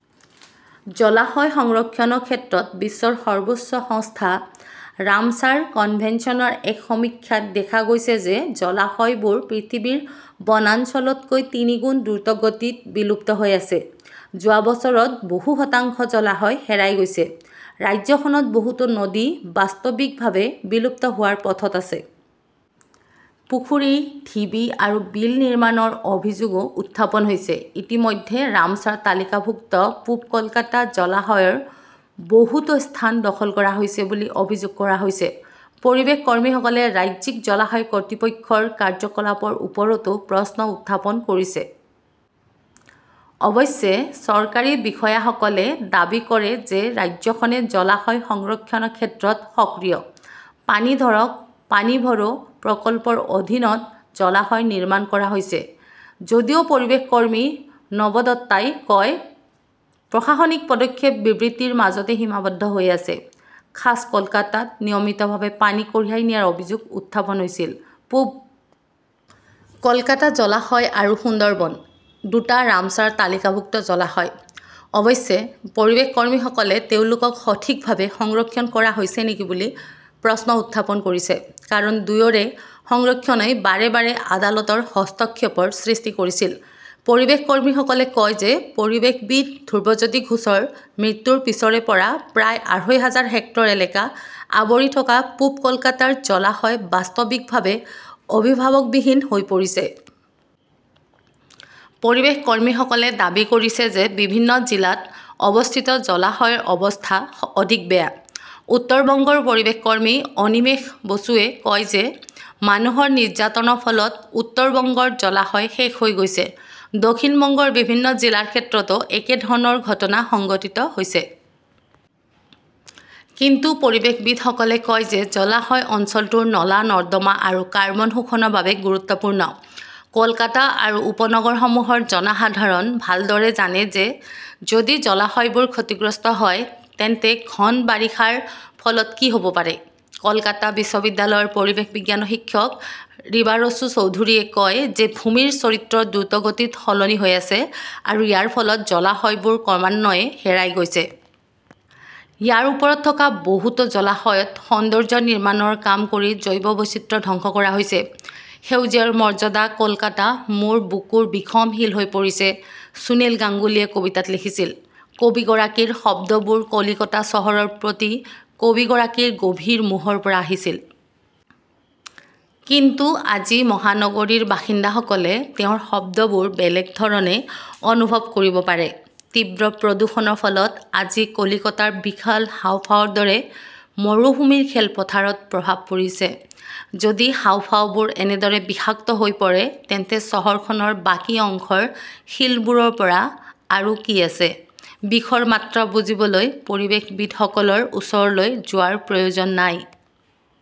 জলাশয় সংৰক্ষণৰ ক্ষেত্ৰত বিশ্বৰ সৰ্বোচ্চ সংস্থা ৰামছাৰ কনভেনচনৰ এক সমীক্ষাত দেখা গৈছে যে জলাশয়বোৰ পৃথিৱীৰ বনাঞ্চলতকৈ তিনিগুণ দ্ৰুতগতিত বিলুপ্ত হৈ আছে। যোৱা বছৰত বহু শতাংশ জলাশয় হেৰাই গৈছে। ৰাজ্যখনত বহুতো নদী বাস্তৱিকভাৱে বিলুপ্ত হোৱাৰ পথত আছে। পুখুৰী, ঢিবি আৰু বিল নিৰ্মাণৰ অভিযোগও উত্থাপন হৈছে। ইতিমধ্যে ৰামছাৰ তালিকাভুক্ত পূব কলকাতা জলাশয়ৰ বহুতো স্থান দখল কৰা হৈছে বুলি অভিযোগ কৰা হৈছে। পৰিৱেশ কৰ্মীসকলে ৰাজ্যিক জলাশয় কৰ্তৃপক্ষৰ কাৰ্য্যকলাপৰ ওপৰতো প্ৰশ্ন উত্থাপন কৰিছে। অৱশ্যে, চৰকাৰী বিষয়াসকলে দাবী কৰে যে ৰাজ্যখনে জলাশয় সংৰক্ষণৰ ক্ষেত্ৰত সক্ৰিয়। পানী ধৰক, পানী ভৰো প্ৰকল্পৰ অধীনত জলাশয় নিৰ্মাণ কৰা হৈছে। যদিও পৰিৱেশ কৰ্মী নৱদত্তাই কয়, প্ৰশাসনিক পদক্ষেপ বিবৃতিৰ মাজতে সীমাবদ্ধ হৈ আছে। খাছ কলকাতাত নিয়মিতভাৱে পানী কঢ়িয়াই নিয়াৰ অভিযোগ উত্থাপন হৈছিল। পূব কলকাতা জলাশয় আৰু সুন্দৰবন, দুটা ৰামছাৰ তালিকাভুক্ত জলাশয়। অৱশ্যে, পৰিৱেশ কৰ্মীসকলে তেওঁলোকক সঠিকভাৱে সংৰক্ষণ কৰা হৈছে নেকি বুলি প্ৰশ্ন উত্থাপন কৰিছে। কাৰণ, দুয়োৰে সংৰক্ষণই বাৰে বাৰে আদালতৰ হস্তক্ষেপৰ সৃষ্টি কৰিছিল। পৰিৱেশ কৰ্মীসকলে কয় যে পৰিৱেশবিদ ধ্ৰবজ্যোতি ঘোষৰ মৃত্যুৰ পিছৰে পৰা প্ৰায় আঢ়ৈ হাজাৰ হেক্টৰ এলেকা আৱৰি থকা পূব কলকাতাৰ জলাশয় বাস্তৱিকভাৱে অভিভাৱকবিহীন হৈ পৰিছে। পৰিৱেশ কৰ্মীসকলে দাবী কৰিছে যে বিভিন্ন জিলাত অৱস্থিত জলাশয়ৰ অৱস্থা অধিক বেয়া। উত্তৰ বংগৰ পৰিৱেশ কৰ্মী অনিমেশ বসুৱে কয় যে মানুহৰ নিৰ্যাতনৰ ফলত উত্তৰ বংগৰ জলাশয় শেষ হৈ গৈছে। দক্ষিণ বংগৰ বিভিন্ন জিলাৰ ক্ষেত্ৰতো একে ধৰণৰ ঘটনা সংঘটিত হৈছে। কিন্তু পৰিৱেশবিদসকলে কয় যে জলাশয় অঞ্চলটোৰ নলা-নৰ্দমা আৰু কাৰ্বন শোষণৰ বাবে গুৰুত্বপূৰ্ণ। কলকাতা আৰু উপনগৰসমূহৰ জনসাধাৰণ ভালদৰে জানে যে যদি জলাশয়বোৰ ক্ষতিগ্ৰস্ত হয় তেন্তে ঘন বাৰিষাৰ ফলত কি হ'ব পাৰে। কলকাতা বিশ্ববিদ্যালয়ৰ পৰিৱেশ বিজ্ঞানৰ শিক্ষক ৰিবাৰসু চৌধুৰীয়ে কয় যে ভূমিৰ চৰিত্ৰ দ্ৰুতগতিত সলনি হৈ আছে আৰু ইয়াৰ ফলত জলাশয়বোৰ ক্ৰমান্বয়ে হেৰাই গৈছে। ইয়াৰ ওপৰত থকা বহুতো জলাশয়ত সৌন্দৰ্য্য নিৰ্মাণৰ কাম কৰি জৈৱ বৈচিত্ৰ্য ধ্বংস কৰা হৈছে। সেউজীয়াৰ মৰ্যাদা কলকাতা মোৰ বুকুৰ বিষম শিল হৈ পৰিছে সুনীল গাংগুলীয়ে কবিতাত লিখিছিল। কবিগৰাকীৰ শব্দবোৰ কলিকতা চহৰৰ প্ৰতি কবিগৰাকীৰ গভীৰ মোহৰ পৰা আহিছিল। কিন্তু আজি মহানগৰীৰ বাসিন্দাসকলে তেওঁৰ শব্দবোৰ বেলেগ ধৰণে অনুভৱ কৰিব পাৰে। তীব্ৰ প্ৰদূষণৰ ফলত আজি কলিকতাৰ বিশাল হাঁওফাঁওৰ দৰে মৰুভূমিৰ খেলপথাৰত প্ৰভাৱ পৰিছে। যদি হাঁওফাঁওবোৰ এনেদৰে বিষাক্ত হৈ পৰে, তেন্তে চহৰখনৰ বাকী অংশৰ শিলবোৰৰ পৰা আৰু কি আছে। বিষৰ মাত্ৰা বুজিবলৈ পৰিৱেশবিদসকলৰ ওচৰলৈ যোৱাৰ প্ৰয়োজন নাই।